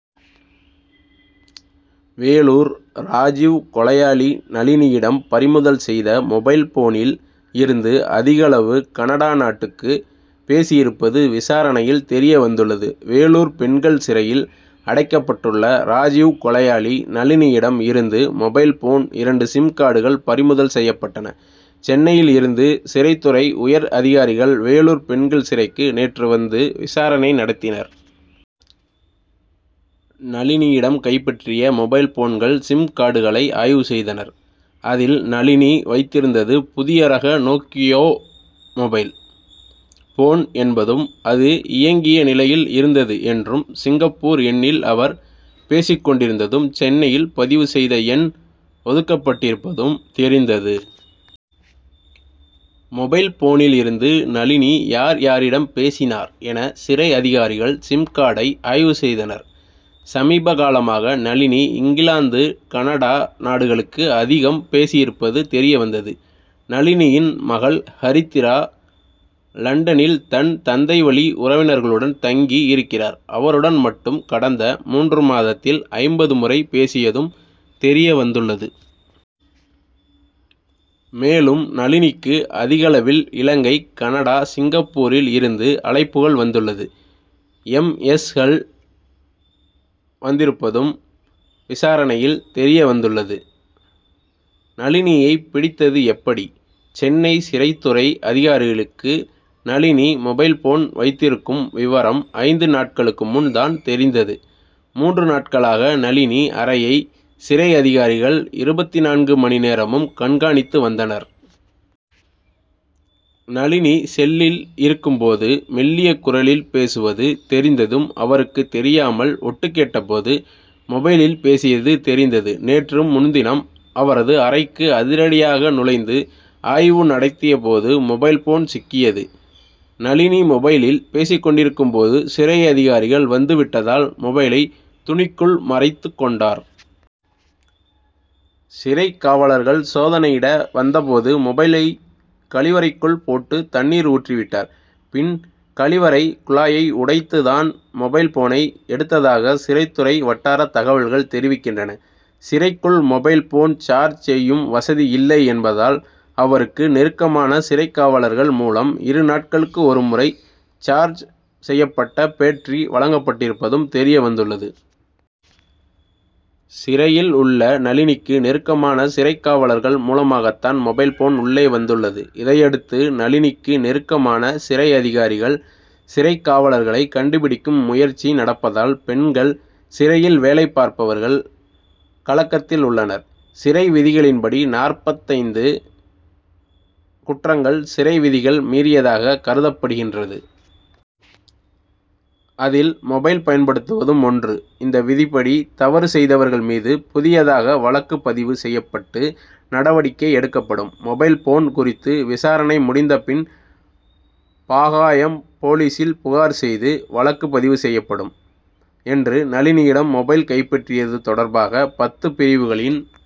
வேலூர் ராஜிவ் கொலையாளி நளினியிடம் பறிமுதல் செய்த மொபைல் போனில் இருந்து அதிகளவு கனடா நாட்டுக்கு பேசியிருப்பது விசாரணையில் தெரிய வந்துள்ளது. வேலூர் பெண்கள் சிறையில் அடைக்கப்பட்டுள்ள ராஜிவ் கொலையாளி நளினியிடம் இருந்து மொபைல் போன் இரண்டு சிம்கார்டுகள் பறிமுதல் செய்யப்பட்டன. சென்னையில் இருந்து சிறைத்துறை உயர் அதிகாரிகள் வேலூர் பெண்கள் சிறைக்கு நேற்று வந்து விசாரணை நடத்தினர். நளினியிடம் கைப்பற்றிய மொபைல் போன்கள் சிம் கார்டுகளை ஆய்வு செய்தனர். அதில் நளினி வைத்திருந்தது புதிய ரக நோக்கியோ மொபைல் போன் என்பதும் அது இயங்கிய நிலையில் இருந்தது என்றும் சிங்கப்பூர் எண்ணில் அவர் பேசிக் கொண்டிருந்ததும் சென்னையில் பதிவு செய்த எண் ஒதுக்கப்பட்டிருப்பதும் தெரிந்தது. மொபைல் போனில் இருந்து நளினி யார் யாரிடம் பேசினார் என சிறை அதிகாரிகள் சிம்கார்டை ஆய்வு செய்தனர். சமீபகாலமாக நளினி இங்கிலாந்து கனடா நாடுகளுக்கு அதிகம் பேசியிருப்பது தெரிய வந்தது. நளினியின் மகள் ஹரித்திரா லண்டனில் தன் தந்தைவழி உறவினர்களுடன் தங்கி இருக்கிறார். அவருடன் மட்டும் கடந்த மூன்று மாதத்தில் ஐம்பது முறை பேசியதும் தெரிய வந்துள்ளது. மேலும் நளினிக்கு அதிகளவில் இலங்கை கனடா சிங்கப்பூரில் இருந்து அழைப்புகள் வந்துள்ளது. எம். எஸ்.கள் வந்திருப்பதும் விசாரணையில் தெரிய வந்துள்ளது. நளினியை பிடித்தது எப்படி? சென்னை சிறைத்துறை அதிகாரிகளுக்கு நளினி மொபைல் போன் வைத்திருக்கும் விவரம் ஐந்து நாட்களுக்கு முன் தான் தெரிந்தது. மூன்று நாட்களாக நளினி அறையை சிறை அதிகாரிகள் இருபத்திநான்கு மணி நேரமும் கண்காணித்து வந்தனர். நளினி செல்லில் இருக்கும் போது மெல்லிய குரலில் பேசுவது தெரிந்ததும் அவருக்கு தெரியாமல் ஒட்டுக்கேட்ட போது மொபைலில் பேசியது தெரிந்தது. நேற்று முன்தினம் அவரது அறைக்கு அதிரடியாக நுழைந்து ஆய்வு நடத்திய போது மொபைல் போன் சிக்கியது. நளினி மொபைலில் பேசிக் கொண்டிருக்கும் போது சிறை அதிகாரிகள் வந்து விட்டதால் மொபைலை துணிக்குள் மறைத்துக் கொண்டார். சிறைக் காவலர்கள் சோதனையிட வந்த போது மொபைலை கழிவறைக்குள் போட்டு தண்ணீர் ஊற்றி விட்டார். பின் கழிவறை குழாயை உடைத்து தான் மொபைல் போனை எடுத்ததாக சிறைத்துறை வட்டார தகவல்கள் தெரிவிக்கின்றன. சிறைக்குள் மொபைல் போன் சார்ஜ் செய்யும் வசதி இல்லை என்பதால் அவருக்கு நெருக்கமான சிறைக்காவலர்கள் மூலம் இரு நாட்களுக்கு ஒரு முறை சார்ஜ் செய்யப்பட்ட பேட்டரி வழங்கப்பட்டிருப்பதும் தெரிய வந்துள்ளது. சிறையில் உள்ள நளினிக்கு நெருக்கமான சிறைக் காவலர்கள் மூலமாகத்தான் மொபைல் போன் உள்ளே வந்துள்ளது. இதையடுத்து நளினிக்கு நெருக்கமான சிறை அதிகாரிகள் சிறைக் காவலர்களை கண்டுபிடிக்கும் முயற்சி நடப்பதால் பெண்கள் சிறையில் வேலை பார்ப்பவர்கள் கலக்கத்தில் உள்ளனர். சிறை விதிகளின்படி நாற்பத்தைந்து குற்றங்கள் சிறை விதிகள் மீறியதாக கருதப்படுகின்றது. அதில் மொபைல் பயன்படுத்துவதும் ஒன்று. இந்த விதிபடி தவறு செய்தவர்கள் மீது புதியதாக வழக்கு பதிவு செய்யப்பட்டு நடவடிக்கை எடுக்கப்படும். மொபைல் போன் குறித்து விசாரணை முடிந்த பின் பாகாயம் போலீசில் புகார் செய்து வழக்கு பதிவு செய்யப்படும் என்றும் நளினியிடம் மொபைல் கைப்பற்றியது தொடர்பாக பத்து பிரிவுகளின்